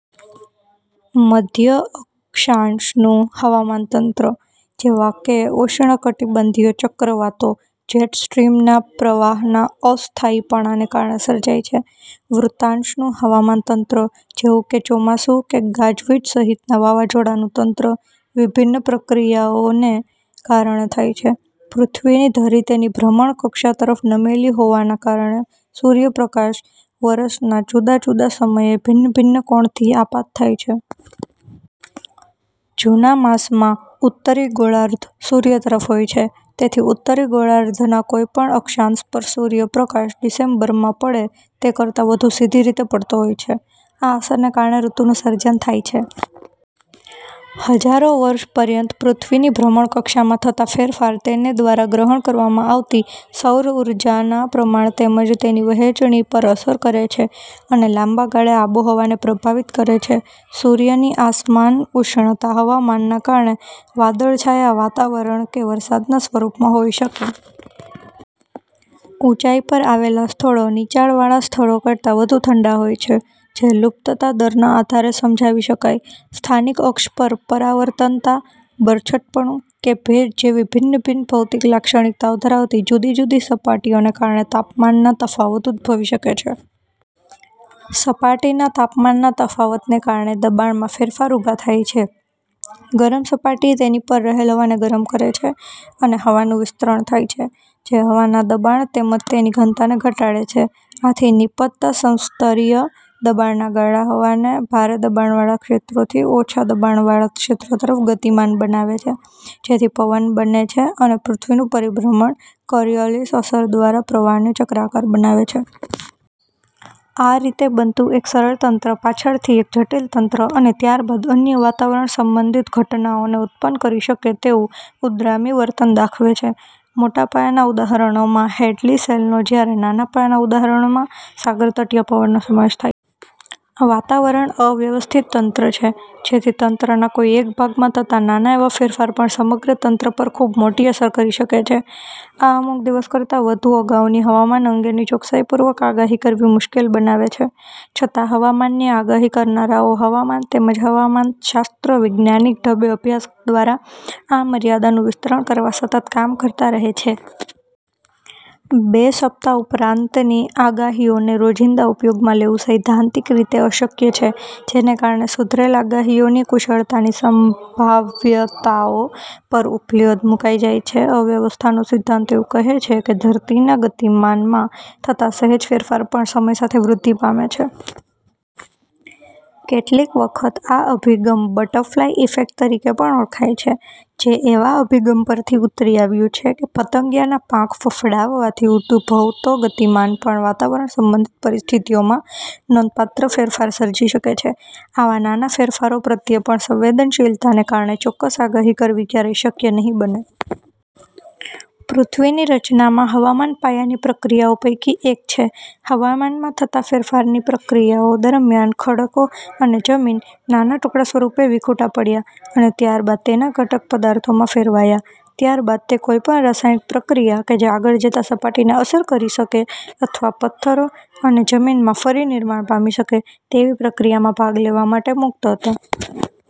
મધ્ય-અક્ષાંશનુ હવામાન તંત્ર, જેવાકે ઉષ્ણકટીબંધીય ચક્રવાતો, જેટ સ્ટ્રીમના પ્રવાહના અસ્થાયીપણાને કારણે સર્જાય છે. વૃત્તાંષનુ હવામાન તંત્ર, જેવું કે ચોમાસુ કે ગાજ-વીજ સહિતના વાવાઝોડાનું તંત્ર, વિભિન્ન પ્રક્રિયાઓને કારણે થાય છે. પૃથ્વીની ધરી તેની ભ્રમણ કક્ષા તરફ નમેલી હોવાના કારણે સૂર્યપ્રકાશ વર્ષના જુદા જુદા સમયે ભિન્ન-ભિન્ન કોણથી આપાત થાય છે. જૂના માસમાં ઉત્તરી ગોળાર્ધ સૂર્ય તરફ હોય છે, તેથી ઉત્તરી ગોળાર્ધના કોઈ પણ અક્ષાંશ પર સૂર્ય પ્રકાશ ડિસેમ્બરમાં પડે તે કરતા વધુ સીધી રીતે પડતો હોય છે. આ અસરને કારણે ઋતુનું સર્જન થાય છે. હજારો વર્ષપર્યંત, પૃથ્વીની ભ્રમણકક્ષામાં થતા ફેરફાર તેને દ્વારા ગ્રહણ કરવામાં આવતી સૌર ઊર્જાના પ્રમાણ તેમજ તેની વહેંચણી પર અસર કરે છે અને લાંબા ગાળે આબોહવાને પ્રભાવિત કરે છે. સૂર્ય ની આસમાન ઉષ્ણતા હવામાનના કારણે વાદળછાયા વાતાવરણ કે વરસાદના સ્વરૂપમાં હોઈ શકે. ઊંચાઈ પર આવેલા સ્થળો નીચાણવાળા સ્થળો કરતા વધુ ઠંડા હોય છે, જે લુપ્તતા દરના આધારે સમજાવી શકાય. સ્થાનિક અક્ષ પર, પરાવર્તનતા, બરછટપણું કે ભેજ જેવી ભિન્ન ભિન્ન ભૌતિક લાક્ષણિકતાઓ ધરાવતી જુદી જુદી સપાટીઓ ને કારણે તાપમાનના તફાવત ઉદભવી શકે છે. સપાટીના તાપમાનના તફાવતને કારણે દબાણમાં ફેરફાર ઉભા થાય છે. ગરમ સપાટી તેની પર રહેલ હવાને ગરમ કરે છે અને હવાનું વિસ્તરણ થાય છે જે હવાના દબાણ તેમજ તેની ઘનતાને ઘટાડે છે. આથી નીપજતા સમસ્તરીય દબાણના ગાળા હવાને ભારે દબાણવાળા ક્ષેત્રો થી ઓછા દબાણવાળા ક્ષેત્રો તરફ ગતિમાન બનાવે છે, જેથી પવન બને છે, અને પૃથ્વીનું પરીભ્રમણ કોરિઓલિસ અસર દ્વારા પ્રવાહને ચક્રાકાર બનાવે છે. આ રીતે બનતું એક સરળ તંત્ર પાછળથી એક જટિલ તંત્ર અને ત્યારબાદ અન્ય વાતાવરણ સંબંધિત ઘટનાઓને ઉત્પન્ન કરી શકે તેવું ઉદ્ગામી વર્તન દાખવે છે. મોટાપાયાના ઉદાહરણોમાં હેડ્લી સેલ નો, જ્યારે નાના પાયાના ઉદાહરણોમાં સાગરતટીય પવનનો સમાવેશ થાય છે. વાતાવરણ અવ્યવસ્થિત તંત્ર છે, જેથી તંત્રના કોઈ એક ભાગમાં થતા નાના એવા ફેરફાર પણ સમગ્ર તંત્ર પર ખૂબ મોટી અસર કરી શકે છે. આ અમુક દિવસ કરતા વધુ અગાઉની હવામાન અંગેની ચોકસાઈપૂર્વક આગાહી કરવી મુશ્કેલ બનાવે છે, છતા હવામાનની આગાહી કરનારાઓ હવામાન તેમજ હવામાનશાસ્ત્ર વિજ્ઞાનિક ઢબે અભ્યાસ દ્વારા આ મર્યાદાનું વિસ્તરણ કરવા સતત કામ કરતા રહે છે. બે સપ્તાહ ઉપરાંતની આગહીઓને રોજીંદા ઉપયોગમાં લેવુ સૈદ્ધાંતિક રીતે અશક્ય છે, જેને કારણે સુધરેલ આગાહીઓની કુશળતાની સંભાવ્યતાઓ પર ઉપલી હદ મુકાઈ જાય છે. અવ્યવસ્થાનો સિદ્ધાંત એવુ કહે છે કે ધરતીના ગતિમાનમાં થતા સહેજ ફેરફાર પણ સમય સાથે વૃદ્ધિ પામે છે. કેટલીક વખત આ અભિગમ બટરફ્લાય ઈફેક્ટ તરીકે પણ ઓળખાય છે, જે એવા અભિગમ પરથી ઉતરી આવ્યું છે કે પતંગિયાના પાંખ ફફડાવવાથી ઉદભવતો ગતિમાન પણ વાતાવરણ સંબંધિત પરિસ્થિતિઓમાં નોંધપાત્ર ફેરફાર સર્જી શકે છે. આવા નાના ફેરફારો પ્રત્યે પણ સંવેદનશીલતાને કારણે ચોક્કસ આગાહી કરવી ક્યારેય શક્ય નહીં બને. પૃથ્વીની રચનામાં હવામાન પાયાની પ્રક્રિયાઓ પૈકી એક છે. હવામાનમાં થતા ફેરફારની પ્રક્રિયાઓ દરમિયાન ખડકો અને જમીન નાના ટુકડા સ્વરૂપે વિખુટા પડ્યા અને ત્યારબાદ તેના ઘટક પદાર્થોમાં ફેરવાયા. ત્યારબાદ તે કોઈપણ રાસાયણિક પ્રક્રિયા કે જે આગળ જતા સપાટીને અસર કરી શકે અથવા પથ્થરો અને જમીનમાં ફરી નિર્માણ પામી શકે તેવી પ્રક્રિયામાં ભાગ લેવા માટે મુક્ત હતા.